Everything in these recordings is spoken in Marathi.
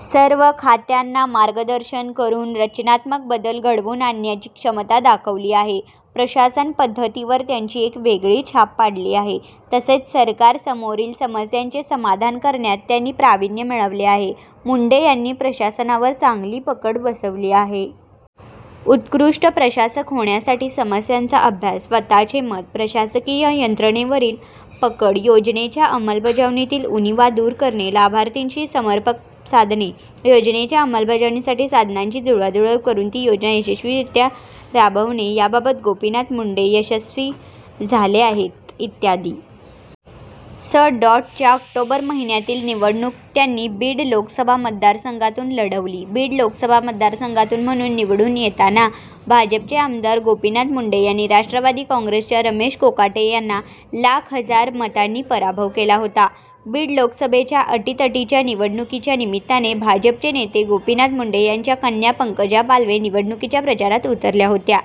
सर्व खात्यांना मार्गदर्शन करून, रचनात्मक बदल घडवून आणण्याची क्षमता दाखवली आहे. प्रशासन पद्धतीवर त्यांनी एक वेगळी छाप पाडली आहे. तसेच सरकार समोरील समस्यांचे समाधान करण्यात त्यांनी प्रावीण्य मिळवले आहे. मुंडे यांनी प्रशासनावर चांगली पकड बसवली आहे. उत्कृष्ट प्रशासक होण्यासाठी समस्यांचा अभ्यास, स्वतःचे मत, प्रशासकीय यंत्रणेवारील पकड, योजनेच्या अमलबजावणीतील उणीवा दूर करणे, लाभार्थीशी सम्पर्कसाधने, योजनेच्या अमलबजावणीसाठी साधनांची जुळवाजुळव करून ती योजना यशस्वीरित्या राबविणे याबाबत गोपीनाथ मुंडे यशस्वी झाले आहेत. इ. स. च्या ऑक्टोबर महिन्यातील निवडणूक त्यांनी बीड लोकसभा मतदारसंघातून लढवली. बीड लोकसभा मतदारसंघातून म्हणून निवडून येताना भाजपचे आमदार गोपीनाथ मुंडे यांनी राष्ट्रवादी काँग्रेसच्या रमेश कोकाटे यांना लाख हजार मतांनी पराभव केला होता. बीड लोकसभेच्या अटीतटीच्या निवडणुकीच्या निमित्ताने भाजपचे नेते गोपीनाथ मुंडे यांच्या कन्या पंकजा पालवे निवडणुकीच्या प्रचारात उतरल्या होत्या.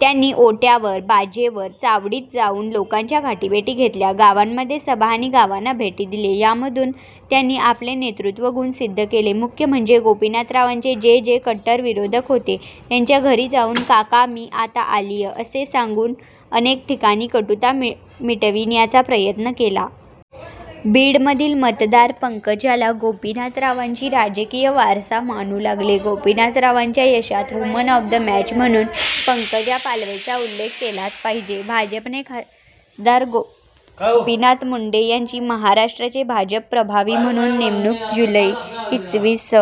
त्यांनी ओट्यावर, बाजेवर, चावडीत जाऊन लोकांच्या भेटीगाठी घेतल्या. गावांमध्ये सभा आणि गावांना भेटी दिल्या. यामधून त्यांनी आपले नेतृत्वगुण सिद्घ केले. मुख्य म्हणजे गोपीनाथरावांचे जे जे कट्टर विरोधक होते त्यांच्या घरी जाऊन 'काका मी आता आलीय' असे सांगून अनेक ठिकाणी कटुता मिटविण्याचा प्रयत्न केला. बीडमधील मतदार पंकजालाच गोपीनाथरावांची राजकीय वारस मानू लागले. गोपीनाथरावांच्या यशात 'वुमन ऑफ द मॅच' म्हणून पंकजा पालवेचा उल्लेख केलाच पाहिजे.। भाजपने खासदार गोपीनाथ मुंडे यांची महाराष्ट्राचे भाजप प्रभारी म्हणून नेमणूक जूलै, इ. स.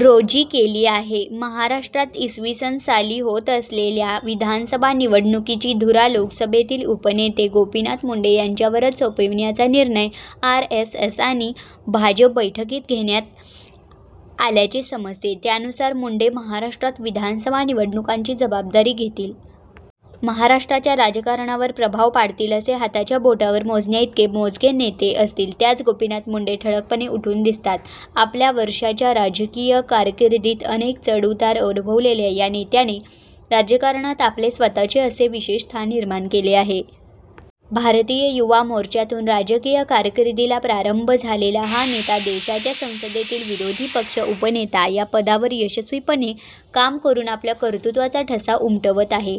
रोजी केली आहे. महाराष्ट्रात इ. स. साली होत असलेल्या विधानसभा निवडणुकांची धुरा लोकसभेतील उपनेते गोपीनाथ मुंडे यांच्यावरच सोपविण्याचा निर्णय आरएसएस आणि भाजप बैठकीत घेण्यात आल्याचे समजते. त्यानुसार मुंडे महाराष्ट्रात विधानसभा निवडणुकांची जबाबदारी घेतील. महाराष्ट्राच्या राजकारणावर प्रभाव पाडतील असे हाताच्या बोटावर मोजण्याइतके मोजके नेते असतील. त्यात गोपीनाथ मुंडे ठळकपणे उठून दिसतात. आपल्या वर्षाच्या राजकीय कारकिर्दीत अनेक चढउतार अनुभवलेल्या या नेत्याने राजकारणात आपले स्वतःचे असे विशेष स्थान निर्माण केले आहे. भारतीय युवा मोर्चातून राजकीय कारकिर्दीला प्रारंभ झालेला हा नेता देशाच्या संसदेतील विरोधी पक्ष उपनेता या पदावर यशस्वीपणे काम करून आपल्या कर्तृत्त्वाचा ठसा उमटवत आहे,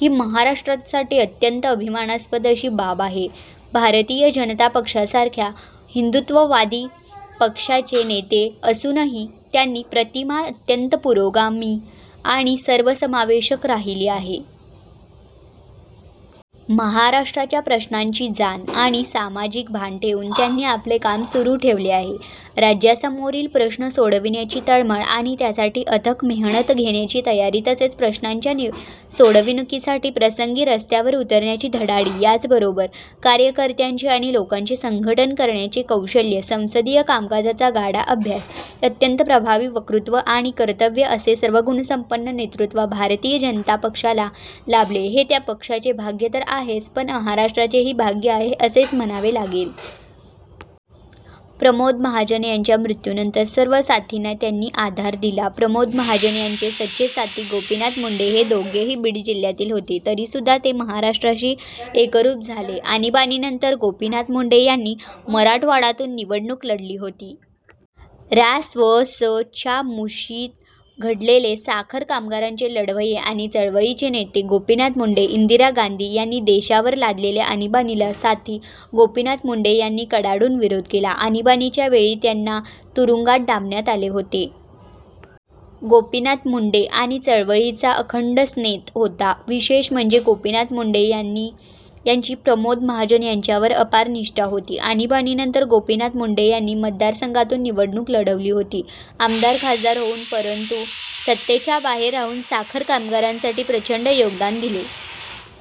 ही महाराष्ट्रासाठी अत्यंत अभिमानास्पद अशी बाब आहे. भारतीय जनता पक्षासारख्या हिन्दुत्ववादी पक्षाचे नेते असूनही त्यांची प्रतिमा अत्यंत पुरोगामी आणि सर्वसमावेशक राहिली आहे. महाराष्ट्राच्या प्रश्नांची जाण आणि सामाजिक भान ठेवून त्यांनी आपले काम सुरू ठेवले आहे. राज्यासमोरील प्रश्न सोडवण्याची तळमळ आणि त्यासाठी अथक मेहनत घेण्याची तयारी तसेच प्रश्नांच्या सोडवणुकीसाठी प्रसंगी रस्त्यावर उतरण्याची धडाडी, याचबरोबर कार्यकत्र्यांचे आणि लोकांचे संघटन करण्याचे कौशल्य, संसदीय कामकाजाचा गाढा अभ्यास, अत्यंत प्रभावी वक्तृत्व आणि कर्तत्त्व असे सर्वगुणसम्पन्न नेतृत्व भारतीय जनता पक्षाला लाभले, हे त्या पक्षाचे भाग्य तर आहेच; पण महाराष्ट्राचेही भाग्य आहे, असेच म्हणावे लागेल. प्रमोद महाजन यांच्या मृत्यूनंतर सर्व साथींना त्यांनी आधार दिला. प्रमोद महाजन यांचे सच्चे साथी गोपीनाथ मुंडे हे दोघेही बीड जिल्ह्यातील होते तरीसुद्धा ते महाराष्ट्राशी एकरूप झाले होते. आणीबाणीनंतर गोपीनाथ मुंडे यांनी मराठवाडातून निवडणूक लढवली होती. रा. स्व. स. च्या मुशीत घडलेले साखर कामगारांचे लढवय्ये आणि चळवळीचे नेते गोपीनाथ मुंडे. इन्दिरा गान्धी यांनी देशावर लादलेल्या आणीबाणीला साथी गोपीनाथ मुंडे यांनी कडाडून विरोध केला. आणीबाणीच्या वेळी त्यांना तुरुंगात डाम्बण्यात आले होते. गोपीनाथ मुंडे म्हणजे चळवळीचा अखण्ड स्नेत होता. विशेष म्हणजे गोपीनाथ मुंडे यांची प्रमोद महाजन यांच्यावर अपार निष्ठा होती. आणीबाणीनंतर गोपीनाथ मुंडे यांनी मतदारसंघातून निवडणूक लढवली होती. आमदार- खासदार होऊन परंतु सत्तेच्या बाहेर राहून साखर कामगारांसाठी प्रचण्ड योगदान दिले.